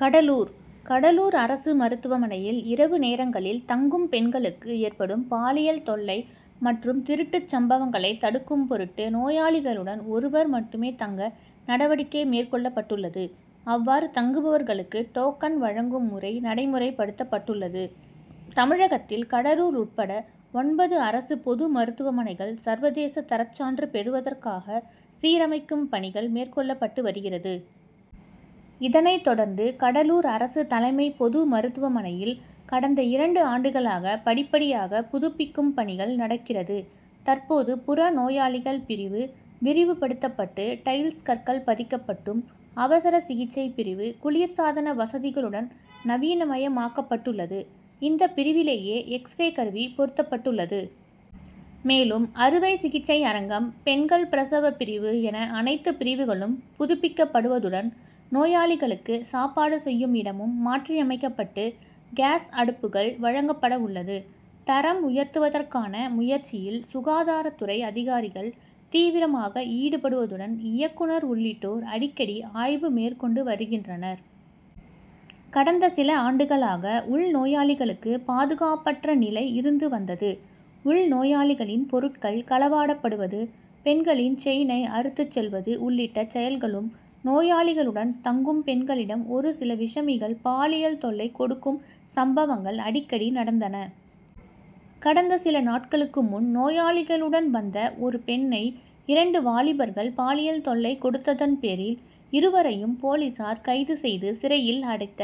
கடலூர் கடலூர் அரசு மருத்துமனையில் இரவு நேரங்களில் தங்கும் பெண்களுக்கு ஏற்படும் பாலியல் தொல்லை, மற்றும் திருட்டு சம்பவங்களை தடுக்கும் பொருட்டு நோயாளிகளுடன் ஒருவர் மட்டுமே தங்க நடவடிக்கை மேற்கொள்ளப் பட்டுள்ளது. அவ்வாறு தங்குபவர்களுக்கு டோக் கன் வழங்கும் முறை நடைமுறைப்படுத்தப் பட்டுள்ளது. தமிழகத்தில் கடலூர் உட்பட ஒன்பது அரசு பொது மருத்துவமனைகள் சர்வதேச தரச்சான்று பெறுவதற்காக சீரமைக்கும் பணிகள் மேற்கொள்ளப் பட்டு வருகிறது. இதனைத் தொடர்ந்து கடலூர் அரசு தலைமை பொது மருத்துமனையில் கடந்த இரண்டு ஆண்டுகளாக படிப்படியாக புதுப்பிக் கும் பணிகள் நடக்கிறது. தற்போது புறநோயாளிகள் பிரிவு விரிவு படுத் தப்பட்டு டைல்ஸ் கற்கள் பதிக்கப்பட்டும், அவசர கிச்சை பிரிவு குளிர்சாதன வசதிகளுடன் நவீனமயமாக்கப்பட்டுள்ளது. இந்த பிரிவிலேயே, எக்ஸ்ரே கருவி பொருத்தப்பட் டுள்ளது. மேலும் அறுவை சிகிச்சை அரங்கம், பெண் கள் பிரவச பிரிவு என அனைத்து பிரிவுகளும் புதுப்பிக்கப்படுவதுடன் நோயாளிகளுக்கு சாப்பாடு செய்யும் இடமும் மாற்றியமைக்கப்பட்டு காஸ் அடுப்புகள் வழங்கப்படவுள்ளது. தரம் உயர்த்துவதற்கான முயற்சியில் சுகாதாரத் துறை அதிகாரிகள் தீவிரமாக ஈடுபடுவதுடன் இயக் குனர் உள்ளிட்டோர் அடிக் கடி ஆய்வு மேற்கொண்டு வருகின்றனர். கடந்த சில ஆண்டுகளாக உள் நோயாளிகளுக்கு பாதுகாப்பற்ற நிலை இருந்து வந்தது. உள் நோயாளிகளின் பொருட் கள் களவாடப்படுவது, பெண்களின் செயினை அறுத்துச் செல்வது உள் ளிட்ட செயல்களும், நோயா ளிளுடன் தங்கும் பெண்களிடம் ஒரு சில விஷமிகள் பாலியல் தொல்லை கொடுக்கும் சம்பவங்கள் அடிக்கடி நடந்தன. கடந்த சில நாட்களுக்கு முன் நோயாளியுடன் வந்த ஒரு பெண்ணை இரண்டு வாலிபர்கள் பாலியல் தொல்லை கொடுத்ததன் பேரில் இருவரையும் போலீசார் கைது செய்து சிறையில் அடைத்த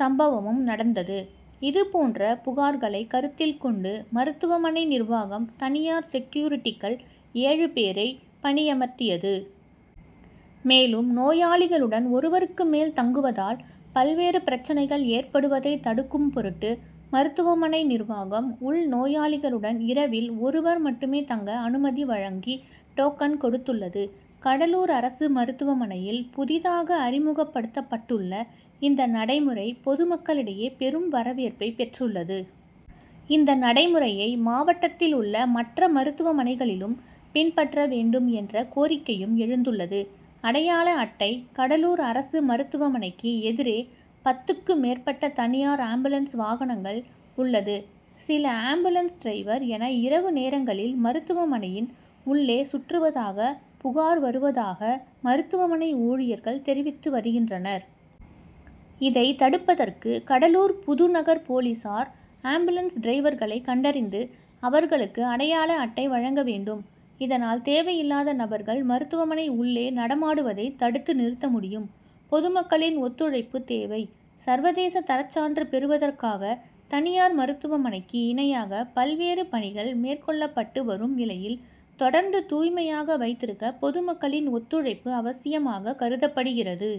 சம்பவமும் நடந்தது. இது போன்ற புகார் களை கருத்தில் கொண்டு மருத்துவமனை நிர்வாகம் தனியார் செக்யூரிட்டிகள் ஏழு பேரை பணியமர்த்தியது. மேலும் நோயாளிகளுடன் ஒருவருக்கு மேல் தங்குவதால் பல்வேறு பிரச்னைகள் ஏற்படுவதைத் தடுக்கும் பொருட்டு மருத்துவமனை நிர்வாகம் உள் நோயாளிகளுடன் இரவில் ஒருவர் மட்டுமே தங்க அனுமதி வழங்கி டோக்கன் கொடுத்துள்ளது. கடலூர் அரசு மருத்துவமனையில் புதிதாக அறிமுகப்படுத்தப்பட்டுள்ள இந்த நடைமுறை பொதுமக்களிடையே பெரும் வரவேற்பை பெற்றுள்ளது. இந்த நடைமுறையை மாவட்டத்தில் உள்ள மற்ற மருத்துவமனைகளிலும் பின்பற்ற வேண்டும் என்ற கோரிக்கையும் எழுந் துள்ளது. அடையாள அட்டை: கடலூர் அரசு மருத்துவமனைக்கு எதிரே பத்துக்கு மேற்பட்ட தனியார் ஆம்புலன்ஸ் வாகனங்கள் உள் ளது. சிலர் ஆம்புலன்ஸ் டிரைவர் என இரவு நேரங் களில் மருத்துவமனையின் உள்ளே சுற்றுவதாக புகார் வருவதாக மருத்துவமனை ஊழியர்கள் தெரிவித்து வருகின்றனர். இதைத் தடுப்பதற்கு கடலூர் புதுநகர் போலீசார் ஆம்புலன்ஸ் டிரைவர்களை கண்டறிந்து அவர்களுக்கு அடையாள அட்டை வழங்க வேண் டும். இதனால் தேவையில்லாத நபர்கள் மருத்துமனை உள்ளே நடமாடுவதை தடுத்து நிறுத்த முடியும். பொதுமக்களின் ஒத்துழைப்பு தேவை:சர்வதேச தரச்சான்று பெறுவதற்காக தனியார் மருத்துவமனைக்கு இணையாக பல்வேறு பணிகள் மேற்கொள்ளப்பட்டு வரும் நிலையில் தொடர்ந்து தூய்மையாக வைத்திருக்க பொதுமக்களின் ஒத்துழைப்பு அவசியமாக கருதப்படுகிறது.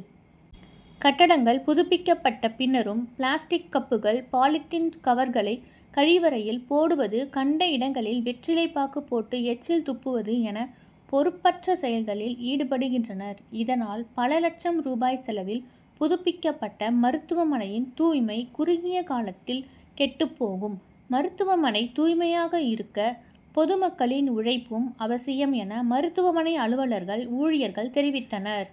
கட்டடங்கள் புதுப்பிக்கப்பட்ட பின்னரும் பிளாஸ்டிக் கப்புகள், பாலித்தீன் கவர்களை கழிவறைகளில் போடுவது, கண்ட இடங்களில் வெற்றிலை பாக்கு போட்டு எச்சில் துப்புவது என பொறுப்பற்ற செயல்களில் ஈடுபடுகின்றனர். இதனால் பல லட்சம் ரூபாய் செலவில் புதுப்பிக்கப்பட்ட மருத்துவமனையின் தூய்மை குறுகிய காலத்தில் கெட்டுப்போகும். மருத்துவமனை தூய்மையாக இருக்க பொதுமக்களின் ஒத்துழைப்பும் அவசியம் என மருத்துவமனை அலுவலர்கள், ஊழியர்கள் தெரிவித்தனர்.